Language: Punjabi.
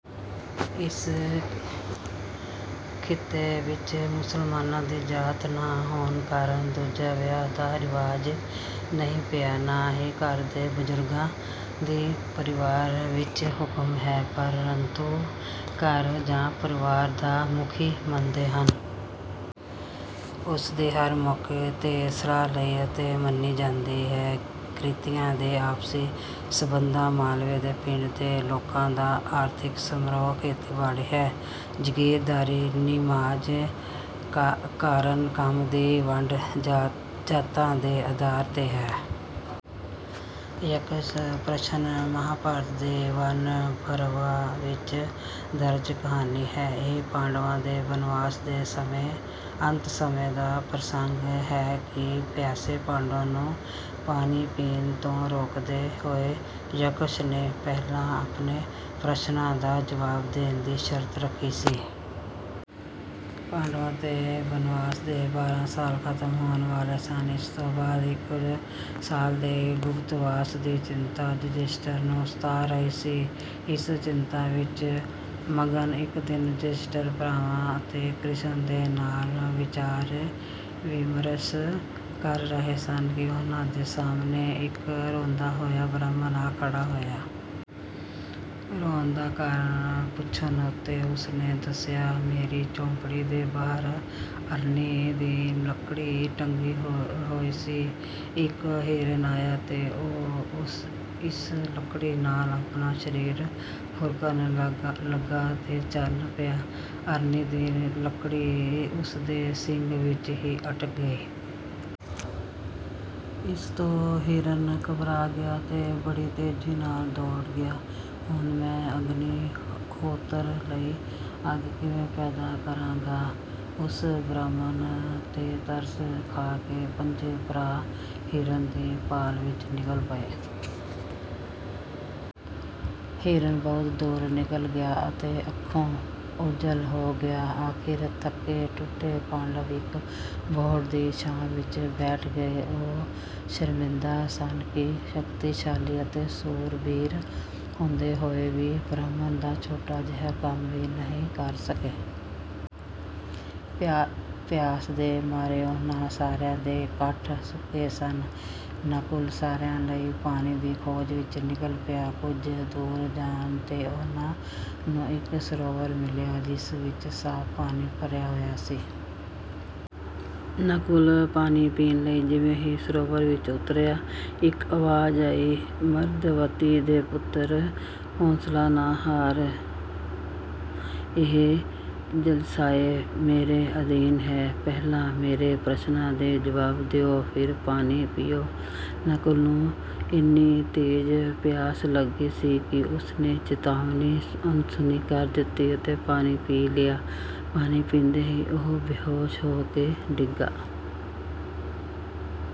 ਇਸ ਖਿੱਤੇ ਵਿੱਚ ਮੁਸਲਮਾਨਾਂ ਦੀ ਜਾਤ ਨਾ ਹੋਣ ਕਾਰਨ ਦੂਜਾ ਵਿਆਹ ਦਾ ਰਿਵਾਜ਼ ਨਹੀਂ ਪਿਆ। ਨਾ ਹੀ ਘਰ ਦੇ ਬਜ਼ੁਰਗਾਂ ਦੀ ਪਰਿਵਾਰ ਵਿੱਚ ਹੁਕਮ ਹੈ ਪਰੰਤੂ ਘਰ ਜਾਂ ਪਰਿਵਾਰ ਦਾ ਮੁਖੀ ਮੰਨਦੇ ਹਨ। ਉਸਦੀ ਹਰ ਮੌਕੇ ਤੇ ਸਲਾਹ ਲਈ ਅਤੇ ਮੰਨੀ ਜਾਂਦੀ ਹੈ। ਕਿੱਤਿਆਂ ਦੇ ਆਪਸੀ ਸਬੰਧਾਂ, ਮਾਲਵੇ ਦੇ ਪਿੰਡਾਂ ਦੇ ਲੋਕਾਂ ਦਾ ਆਰਥਿਕ ਸੋਮਾ ਖੇਤੀਬਾੜੀ ਹੈ। ਜਾਗੀਰਦਾਰੀ ਨਿਜ਼ਾਮ ਕਾਰਨ ਕੰਮ ਦੀ ਵੰਡ ਜਾਤਾਂ ਦੇ ਆਧਾਰ ਤੇ ਹੈ। ਯਕਸ਼ ਪ੍ਰਸ਼ਨ ਮਹਾਭਾਰਤ ਦੇ ਵਣ ਪਰਵ ਵਿੱਚ ਦਰਜ ਕਹਾਣੀ ਹੈ। ਇਹ ਪਾਂਡਵਾਂ ਦੇ ਬਨਵਾਸ ਦੇ ਅੰਤ ਸਮੇਂ ਦਾ ਪ੍ਰਸੰਗ ਹੈ ਕਿ ਪਿਆਸੇ ਪਾਂਡਵਾਂ ਨੂੰ ਪਾਣੀ ਪੀਣ ਤੋਂ ਰੋਕਦੇ ਹੋਏ ਯਕਸ਼ ਨੇ ਪਹਿਲਾਂ ਆਪਣੇ ਪ੍ਰਸ਼ਨਾਂ ਦਾ ਜਵਾਬ ਦੇਣ ਦੀ ਸ਼ਰਤ ਰੱਖੀ ਸੀ। ਪਾਂਡਵਾਂ ਦੇ ਬਨਵਾਸ ਦੇ ਬਾਰਾਂ ਸਾਲ ਖ਼ਤਮ ਹੋਣ ਵਾਲੇ ਸਨ। ਇਸ ਦੇ ਬਾਅਦ ਇੱਕ ਸਾਲ ਦੇ ਗੁਪਤਵਾਸ ਦੀ ਚਿੰਤਾ ਯੁਧਿਸ਼ਠਰ ਨੂੰ ਸਤਾ ਰਹੀ ਸੀ। ਇਸ ਚਿੰਤਾ ਵਿੱਚ ਮਗਨ ਇੱਕ ਦਿਨ ਯੁਧਿਸ਼ਠਰ ਭਰਾਵਾਂ ਅਤੇ ਕ੍ਰਿਸ਼ਣ ਦੇ ਨਾਲ ਵਿਚਾਰ ਵਿਮਰਸ਼ ਕਰ ਰਹੇ ਸਨ ਕਿ ਉਨ੍ਹਾਂ ਦੇ ਸਾਹਮਣੇ ਇੱਕ ਰੋਂਦਾ ਹੋਇਆ ਬ੍ਰਾਹਮਣ ਆ ਖੜਾ ਹੋਇਆ। ਰੋਣ ਦਾ ਕਾਰਨ ਪੁੱਛਣ ਉੱਤੇ ਉਸਨੇ ਦੱਸਿਆ, "ਮੇਰੀ ਝੋਪੜੀ ਦੇ ਬਾਹਰ ਅਰਣੀ ਦੀ ਲੱਕੜੀ ਟੰਗੀ ਹੋਈ ਸੀ। ਇੱਕ ਹਿਰਣ ਆਇਆ ਅਤੇ ਉਹ ਇਸ ਲੱਕੜੀ ਨਾਲ ਆਪਣਾ ਸਰੀਰ ਖੁਰਕਣ ਲਗਾ ਅਤੇ ਚੱਲ ਪਿਆ। ਅਰਣੀ ਦੀ ਲੱਕੜੀ ਉਸ ਦੇ ਸਿੰਗ ਵਿੱਚ ਹੀ ਅਟਕ ਗਈ। ਇਸ ਤੋਂ ਹਿਰਣ ਘਬਰਾ ਗਿਆ ਅਤੇ ਬੜੀ ਤੇਜੀ ਨਾਲ ਦੌੜ ਗਿਆ। ਹੁਣ ਮੈਂ ਅਗਨੀ ਹੋਤਰ ਲਈ ਅੱਗ ਕਿਵੇਂ ਪੈਦਾ ਕਰਾਂਗਾ?" ਉਸ ਬ੍ਰਾਹਮਣ ਤੇ ਤਰਸ ਖਾਕੇ ਪੰਜੇ ਭਰਾ ਹਿਰਣ ਦੀ ਭਾਲ ਵਿੱਚ ਨਿਕਲ ਪਏ। ਹਿਰਣ ਬਹੁਤ ਦੂਰ ਨਿਕਲ ਗਿਆ ਅਤੇ ਅੱਖੋਂ ਓਝਲ ਹੋ ਗਿਆ। ਆਖਰ ਥੱਕੇ ਟੁੱਟੇ ਪਾਂਡਵ ਇੱਕ ਬੋਹੜ ਦੀ ਛਾਂ ਵਿੱਚ ਬੈਠ ਗਏ। ਉਹ ਸ਼ਰਮਿੰਦਾ ਸਨ ਕਿ ਸ਼ਕਤੀਸ਼ਾਲੀ ਅਤੇ ਸੂਰਬੀਰ ਹੁੰਦੇ ਹੋਏ ਵੀ ਬ੍ਰਾਹਮਣ ਦਾ ਛੋਟਾ ਜਿਹਾ ਕੰਮ ਵੀ ਨਹੀਂ ਕਰ ਸਕੇ। ਪਿਆਸ ਦੇ ਮਾਰੇ ਉਨ੍ਹਾਂ ਸਾਰਿਆਂ ਦੇ ਕੰਠ ਸੁੱਕ ਰਹੇ ਸਨ। ਨਕੁਲ ਸਾਰਿਆਂ ਲਈ ਪਾਣੀ ਦੀ ਖੋਜ ਵਿੱਚ ਨਿਕਲ ਪਿਆ। ਕੁੱਝ ਦੂਰ ਜਾਣ ਤੇ ਉਨ੍ਹਾਂ ਨੂੰ ਇੱਕ ਸਰੋਵਰ ਮਿਲਿਆ ਜਿਸ ਵਿੱਚ ਸਾਫ਼ ਪਾਣੀ ਭਰਿਆ ਹੋਇਆ ਸੀ। ਨਕੁਲ ਪਾਣੀ ਪੀਣ ਲਈ ਜਿਵੇਂ ਹੀ ਸਰੋਵਰ ਵਿੱਚ ਉਤਰਿਆ, ਇੱਕ ਆਵਾਜ਼ ਆਈ, "ਮਾਦਰਵਤੀ ਦੇ ਪੁੱਤਰ, ਹੌਸਲਾ ਨਾ ਹਾਰ, ਇਹ ਜਲਾਸ਼ਏ ਮੇਰੇ ਆਧੀਨ ਹੈ। ਪਹਿਲਾਂ ਮੇਰੇ ਪ੍ਰਸ਼ਨਾਂ ਦੇ ਜਵਾਬ ਦਿਓ, ਫਿਰ ਪਾਣੀ ਪੀਓ।" ਨਕੁਲ ਨੂੰ ਇੰਨੀ ਤੇਜ ਪਿਆਸ ਲੱਗੀ ਸੀ ਕਿ ਉਸ ਨੇ ਚਿਤਾਵਨੀ ਅਣਸੁਣੀ ਕਰ ਦਿੱਤੀ ਅਤੇ ਪਾਣੀ ਪੀ ਲਿਆ। ਪਾਣੀ ਪੀਂਦੇ ਹੀ ਉਹ ਬੇਹੋਸ਼ ਹੋਕੇ ਡਿੱਗ